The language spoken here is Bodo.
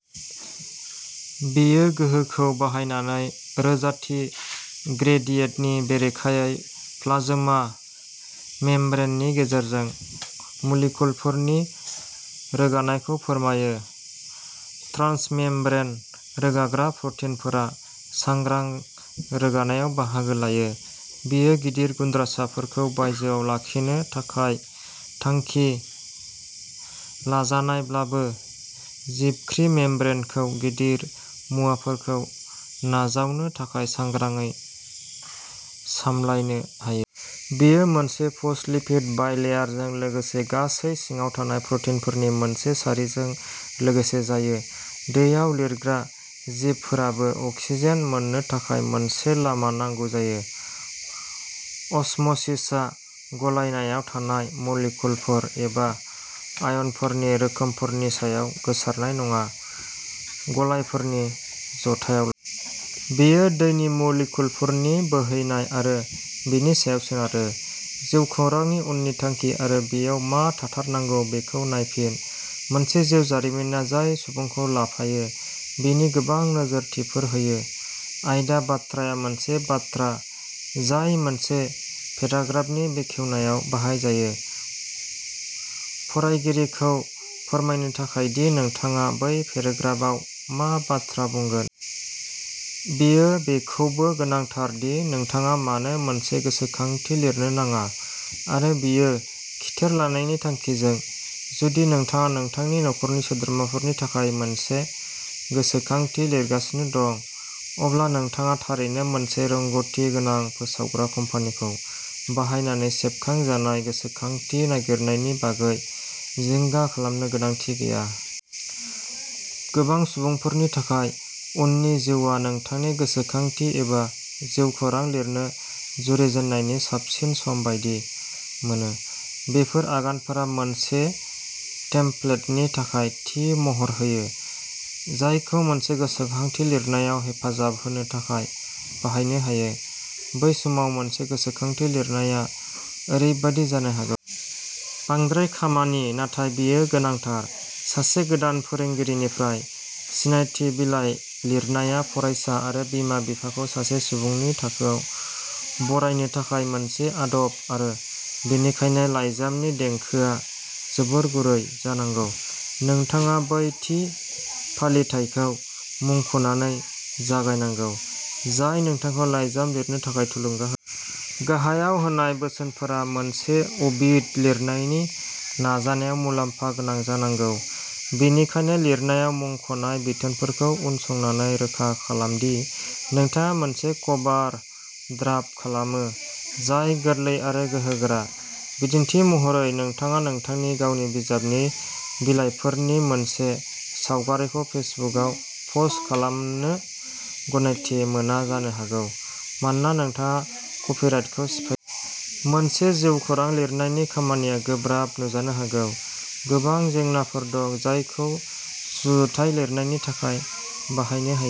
बेयो गोहोखौ बाहायनानै रोजाथि ग्रेडियेंटनि बेरेखायै प्लाज्मा मेम्ब्रेननि गेजेरजों मलिक्युलफोरनि रोगानायखौ फोरमायो। ट्रान्समेम्ब्रेन रोगाग्रा प्र'टिनफोरा सांग्रां रोगानायाव बाहागो लायो। बेयो गिदिर गुनद्रासाफोरखौ बायजोआव लाखिनो थाखाय थांखि लाजानायब्लाबो, जिबख्रि मेम्ब्रेनखौ गिदिर मुवाफोरखौ नाजावनो थाखाय सांग्राङै सामलायनो हायो। बेयो मोनसे फस्फ'लिपिड बाइलेयारजों लोगोसे गासै सिङाव थानाय प्र'टिनफोरनि मोनसे सारिजों लोगोसे जायो। दैयाव लिरग्रा जिबफोराबो अक्सिजेन मोन्नो थाखाय मोनसे लामा नांगौ जायो। असम'सिसआ गलायनायाव थानाय मलिक्युलफोर एबा आयनफोरनि रोखोमफोरनि सायाव सोनारनाय नङा, गलायफोरनि जथायावल'। बेयो दैनि मलिक्युलफोरनि बोहैनाय आरो बेनि सायाव सोनारो। जिउखौरांनि उननि थांखि आरो बेयाव मा थाथारनांगौ बेखौ नायफिन। मोनसे जिउ जारिमिना जाय सुबुंखौ लाफायो बिनि गोबां नोजोरथिफोर होयो। आयदा बाथ्राआ मोनसे बाथ्रा जाय मोनसे पेराग्राफानि बेखेवनायाव बाहाय जायो, फरायगिरिखौ फोरमायनो थाखाय दि नोंथाङा बै पेराग्राफआव मा बाथ्रा बुंगोन। बेयो बेखौबो गोनांथार दि नोंथाङा मानो मोनसे गोसोखांथि लिरनो नाङा आरो बेयो खिथेर लानायनि थांखिजों। जुदि नोंथाङा नोंथांनि नखरनि सोद्रोमाफोरनि थाखाय मोनसे गोसोखांथि लिरगासिनो दं, अब्ला नोंथाङा थारैनो मोनसे रोंग'थि गोनां फोसावग्रा कम्पानिखौ बाहायनानै सेबखांजानाय गोसोखांथि नागिरनायनि बागै जिंगा खालामनो गोनांथि गैया। गोबां सुबुंफोरनि थाखाय, उननि जिउआ नोंथांनि गोसोखांथि एबा जिउखौरां लिरनो जुरिजेननायनि साबसिन सम बायदि मोनो। बेफोर आगानफोरा मोनसे टेमप्लेटनि थाखाय थि महर होयो, जायखौ मोनसे गोसोखांथि लिरनायाव हेफाजाब होनो थाखाय बाहायनो हायो। बै समाव मोनसे गोसोखांथि लिरनाया ओरैबायदि जानो हागौ। बांद्राय खामानि, नाथाय बेयो गोनांथार। सासे गोदान फोरोंगिरिनिफ्राय सिनायथि बिलाय लिरनाया फरायसा आरो बिमा-बिफाखौ सासे सुबुंनि थाखोयाव बरायनो थाखाय मोनसे आदब आरो बेनिखायनो, लाइजामनि देंखोआ जोबोद गुरै जानांगौ। नोंथाङा बै थि फालिथायखौ मुंख'नानै जागायनांगौ जाय नोंथांखौ लाइजाम लिरनो थाखाय थुलुंगा होदों। गाहायाव होनाय बोसोनफोरा मोनसे अबिट लिरनायनि नाजानायाव मुलाम्फा गोनां जानांगौ। बेनिखायनो, लिरनायाव मुंख'नाय बिथोनफोरखौ उनसंनानै रोखा खालाम दि नोंथाङा मोनसे कभार ड्राफ्ट खालामो जाय गोरलै आरो गोहोगोरा। बिदिन्थि महरै, नोंथाङा नोंथांनि गावनि बिजाबनि बिलाइफोरनि मोनसेनि सावगारिखौ फेसबुकआव पस्ट खालामनो गनायथि मोना जानो हागौ, मानोना नोंथाङा कपिराइटखौ सिफायगोन। मोनसे जिउखौरां लिरनायनि खामानिया गोब्राब नुजानो हागौ। गोबां जेंनाफोर दं जायखौ सुजुथाय लिरनायनि थाखाय बाहायनो हायो।